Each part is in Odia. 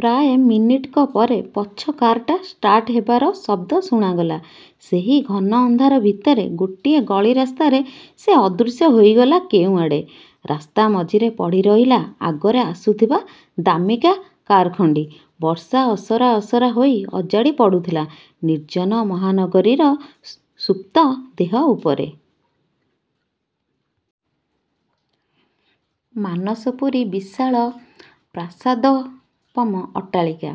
ପ୍ରାୟ ମିନିଟକ ପରେ ପଛ କାର୍ଟା ଷ୍ଟାର୍ଟ ହେବାର ଶବ୍ଦ ଶୁଣାଗଲା। ସେଇ ଘନ ଅନ୍ଧାର ଭିତରେ ଗୋଟିଏ ଗଳି ରାସ୍ତାରେ ସେ ଅଦୃଶ୍ୟ ହୋଇଗଲା କେଉଁଆଡ଼େ। ରାସ୍ତାମଝିରେ ପଡ଼ିରହିଲା ଆଗରେ ଆସୁଥିବା ଦାମୀକା କାର୍ଖଣ୍ଡି। ବର୍ଷା ଅସରା ଅସରା ହୋଇ ଅଜାଡ଼ି ପଡ଼ୁଥିଲା, ନିର୍ଜନ ମହାନଗରୀର ସୁପ୍ତ ଦେହ ଉପରେ। ମାନସପୁରୀ ବିଶାଳ ପ୍ରାସାଦୋପମ ଅଟ୍ଟାଳିକା।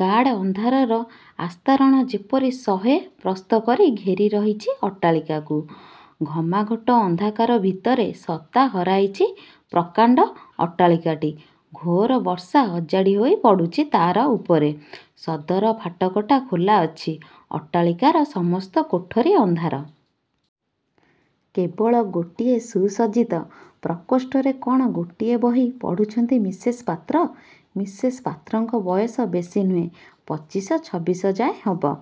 ଗାଢ଼ ଅନ୍ଧାରର ଆସ୍ତରଣ ଯେପରି ଶହେ ପ୍ରସ୍ତ କରି ଘେରି ରହିଛି ଅଟ୍ଟାଳିକାକୁ। ଘମାଘୋଟ ଅନ୍ଧକାର ଭିତରେ ସତ୍ତା ହରାଇଛି ପ୍ରକାଣ୍ଡ ଅଟ୍ଟାଳିକାଟି। ଘୋର ବର୍ଷା ଅଜାଡ଼ି ହୋଇ ପଡ଼ୁଛି ତା'ର ଉପରେ। ସଦର ଫାଟକଟା ଖୋଲା ଅଛି-। ଅଟ୍ଟାଳିକାର ସମସ୍ତ କୋଠରୀ ଅନ୍ଧାର। କେବଳ ଗୋଟିଏ ସୁସଜ୍ଜିତ ପ୍ରକୋଷ୍ଠରେ କ'ଣ ଗୋଟିଏ ବହି ପଢ଼ୁଛନ୍ତି ମିସେସ୍ ପାତ୍ର। ମିସେସ୍ ପାତ୍ରଙ୍କ ବୟସ ବେଶୀ ନୁହେଁ। ପଚିଶି, ଛବିଶି ଯାଏ ହେବ।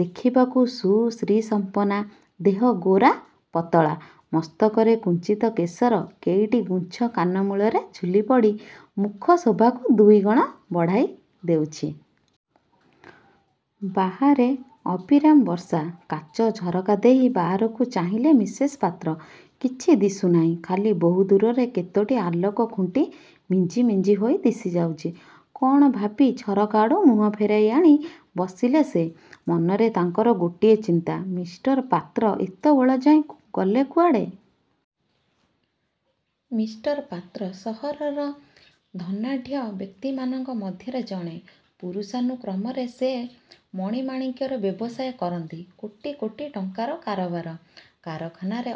ଦେଖିବାକୁ ସୁ-ଶ୍ରୀସମ୍ପନ୍ନା। ଦେହ, ଗୋରା, ପାତଳା। ମସ୍ତକର କୁଞ୍ଚିତ କେଶର କେଇଟି ଗୁଚ୍ଛ କାନ ମୂଳରେ ଝୁଲିପଡ଼ି ମୁଖ ଶୋଭାକୁ ଦୁଇଗୁଣ ବଢ଼ାଇ ଦେଉଛି। ବାହାରେ ଅବିରାମ ବର୍ଷା। କାଚ ଝରକା ଦେଇ ବାହାରକୁ ଚାହିଁଲେ ମିସେସ୍ ପାତ୍ର। କିଛି ଦିଶୁନାହିଁ; ଖାଲି ବହୁଦୂରରେ କେତୋଟି ଆଲୋକ ଖୁଣ୍ଟି ମିଞ୍ଜି ମିଞ୍ଜି ହୋଇ ଦିଶି ଯାଉଛି। କ'ଣ ଭାବି ଝରକା ଆଡ଼ୁ ମୁହଁ ଫେରାଇ ଆଣି ବସିଲେ ସେ। ମନରେ ତାଙ୍କର ଗୋଟିଏ ଚିନ୍ତା-''ମିଷ୍ଟର ପାତ୍ର ଏତେବେଳ ଯାଏ ଗଲେ କୁଆଡ଼େ? '' ମି: ପାତ୍ର ସହରର ଧନାଢ଼୍ୟ ବ୍ୟକ୍ତିମାନଙ୍କ ମଧ୍ୟରେ ଜଣେ। ପୁରୁଷାନୁକ୍ରମରେ ସେ ମଣିମାଣିକ୍ୟର ବ୍ୟବସାୟ କରନ୍ତି। କୋଟି କୋଟି ଟଙ୍କାର କାରବାର। କାରଖାନାରେ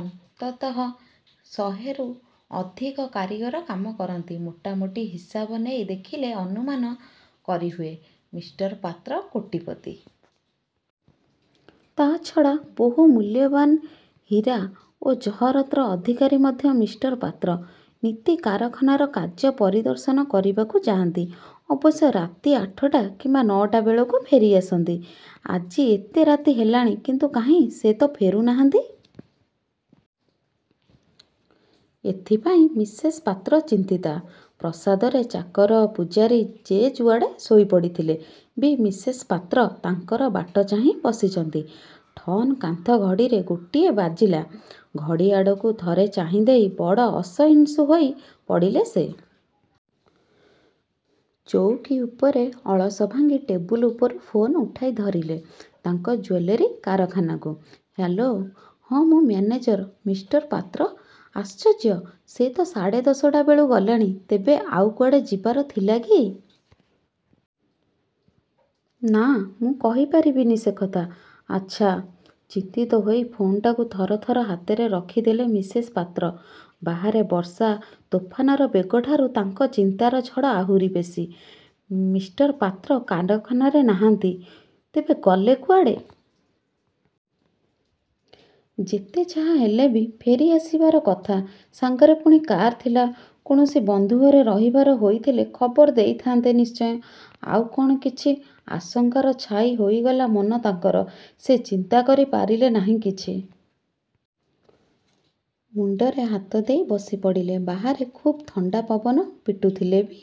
ଅନ୍ତତଃ ଶହେରୁ ଅଧିକ କାରୀଗର କାମ କରନ୍ତି। ମୋଟା ମୋଟି ହିସାବ ନେଇ ଦେଖିଲେ ଅନୁମାନ କରିହୁଏ, ମି: ପାତ୍ର କୋଟିପତି। ତା'ଛଡ଼ା ବହୁ ମୂଲ୍ୟବାନ ହୀରା ଓ ଜହରତ୍ର ଅଧିକାରୀ ମଧ୍ୟ। ମି: ପାତ୍ର ନିତି କାରଖାନାର କାର୍ଯ୍ୟ ପରିଦର୍ଶନ କରିବାକୁ ଯାଆନ୍ତି। ଅବଶ୍ୟ ରାତି ଆଠଟା କିମ୍ବା ନଅଟା ବେଳକୁ ଫେରି ଆସନ୍ତି। ଆଜି ଏତେ ରାତି ହେଲାଣି, କିନ୍ତୁ କାହିଁ ସେ ତ ଫେରୁ ନାହାନ୍ତି? ଏଥିପାଇଁ ମିସେସ୍ ପାତ୍ର ଚିନ୍ତିତା। ପ୍ରାସାଦରେ ଚାକର ପୁଝାରୀ ଯେ ଯୁଆଡ଼େ ଶୋଇ ପଡ଼ିଥିଲେ ବି ମିସେସ୍ ପାତ୍ର ତାଙ୍କର ବାଟ ଚାହିଁ ବସିଛନ୍ତି। ''ଠନ୍ କାନ୍ଥ ଘଡ଼ିରେ ଗୋଟାଏ ବାଜିଲା। ଘଡ଼ି ଆଡ଼କୁ ଥରେ ଚାହିଁ ଦେଇ ବଡ଼ ଅସହିଷ୍ଣୁ ହୋଇ ପଡ଼ିଲେ ସେ। ଚୌକୀ ଉପରେ ଅଳସ ଭାଙ୍ଗି ଟେବୁଲ ଉପରୁ ଫୋନ୍ ଉଠାଇ ଧରିଲେ, ତାଙ୍କ ଜୁଏଲାରୀ କାରଖାନାକୁ-''ହ୍ୟାଲୋ! '''' ହଁ, ମୁଁ ମ୍ୟାନେଜର। '''' ମି: ପାତ୍ର! '' ''ଆଶ୍ଚର୍ଯ୍ୟ! ସେ ତ ସାଢ଼େ ଦଶଟା ବେଳୁ ଗଲେଣି। '' ''ତେବେ? ଆଉ କୁଆଡ଼େ ଯିବାର ଥିଲା କି? '' 'ନା, ମୁଁ। କହି ପାରିବିନି ସେକଥା। '' ''ଆଚ୍ଛା! '' ଚିନ୍ତିତ ହୋଇ ଫୋନ୍ଟାକୁ ଥର ଥର ହାତରେ ରଖି ଦେଲେ ମିସେସ୍ ପାତ୍ର। ବାହାରେ ବର୍ଷା ତୋଫାନର ବେଗଠାରୁ ତାଙ୍କ ଚିନ୍ତାର ଝଡ଼ ଆହୁରି ବେଶୀ। ''ମି: ପାତ୍ର କାରଖାନାରେ ନାହାନ୍ତି? ତେବେ ଗଲେ କୁଆଡ଼େ? ଯେତେ ଯାହା ହେଲେ ବି ଫେରି ଆସିବାର କଥା। ସାଙ୍ଗରେ ପୁଣି କାର୍ ଥିଲା! କୌଣସି ବନ୍ଧୁ ଘରେ ରହିବାର ହୋଇଥିଲେ ଖବର ଦେଇଥାନ୍ତେ ନିଶ୍ଚୟ। ଆଉ କ'ଣ କିଛି? ' ଆଶଙ୍କାରେ ଛାଇ ହୋଇଗଲା ମନ ତାଙ୍କର। ସେ ଚିନ୍ତା କରି ପାରିଲେ ନାହିଁ କିଛି। ମୁଣ୍ଡରେ ହାତ ଦେଇ ବସି ପଡ଼ିଲେ। ବାହାରେ ଖୁବ୍ ଥଣ୍ଡା ପବନ ପିଟୁଥିଲେ ବି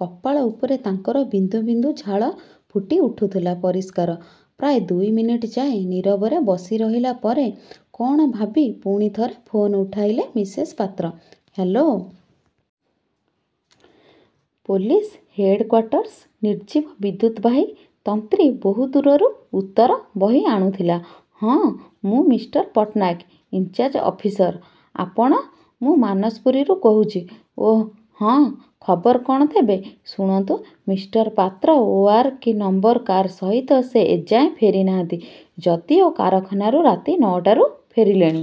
କପାଳ ଉପରେ ତାଙ୍କର ବିନ୍ଦୁ ବିନ୍ଦୁ ଝାଳ ଫୁଟି ଉଠିଥିଲା ପରିଷ୍କାର। ପ୍ରାୟ ଦୁଇମିନିଟ୍ ଯାଏ ନୀରବରେ ବସି ରହିଲା ପରେ କ'ଣ ଭାବି ପୁଣି ଥରେ ଫୋନ ଉଠାଇଲେ Mrs Patra '' hello. Police headquarters '' ନିର୍ଜୀବ ବିଦ୍ୟୁତ୍ବାହୀ ତନ୍ତ୍ରୀ ବହୁଦୂରରୁ ଉତ୍ତର ବହି ଆଣୁଥିଲା। ''ହଁ, ମୁଁ, ମି: ପଟ୍ଟନାୟକ; ଇନ୍ଚାର୍ଯ ଅଫିସର। ଆପଣ? '' ''ମୁଁ ମାନସପୁରୀରୁ କହୁଛି '' ''ଓଃ, ହଁ, ଖବର କ'ଣ ତେବେ? '' ''ଶୁଣନ୍ତୁ ମି: Patra O: R: K: number car ସହିତ ସେ ଏଯାଏ ଫେରିନାହାନ୍ତି, ଯଦିଓ କାରଖାନାରୁ ରାତି ନଅଟାରୁ ଫେରିଲେଣି।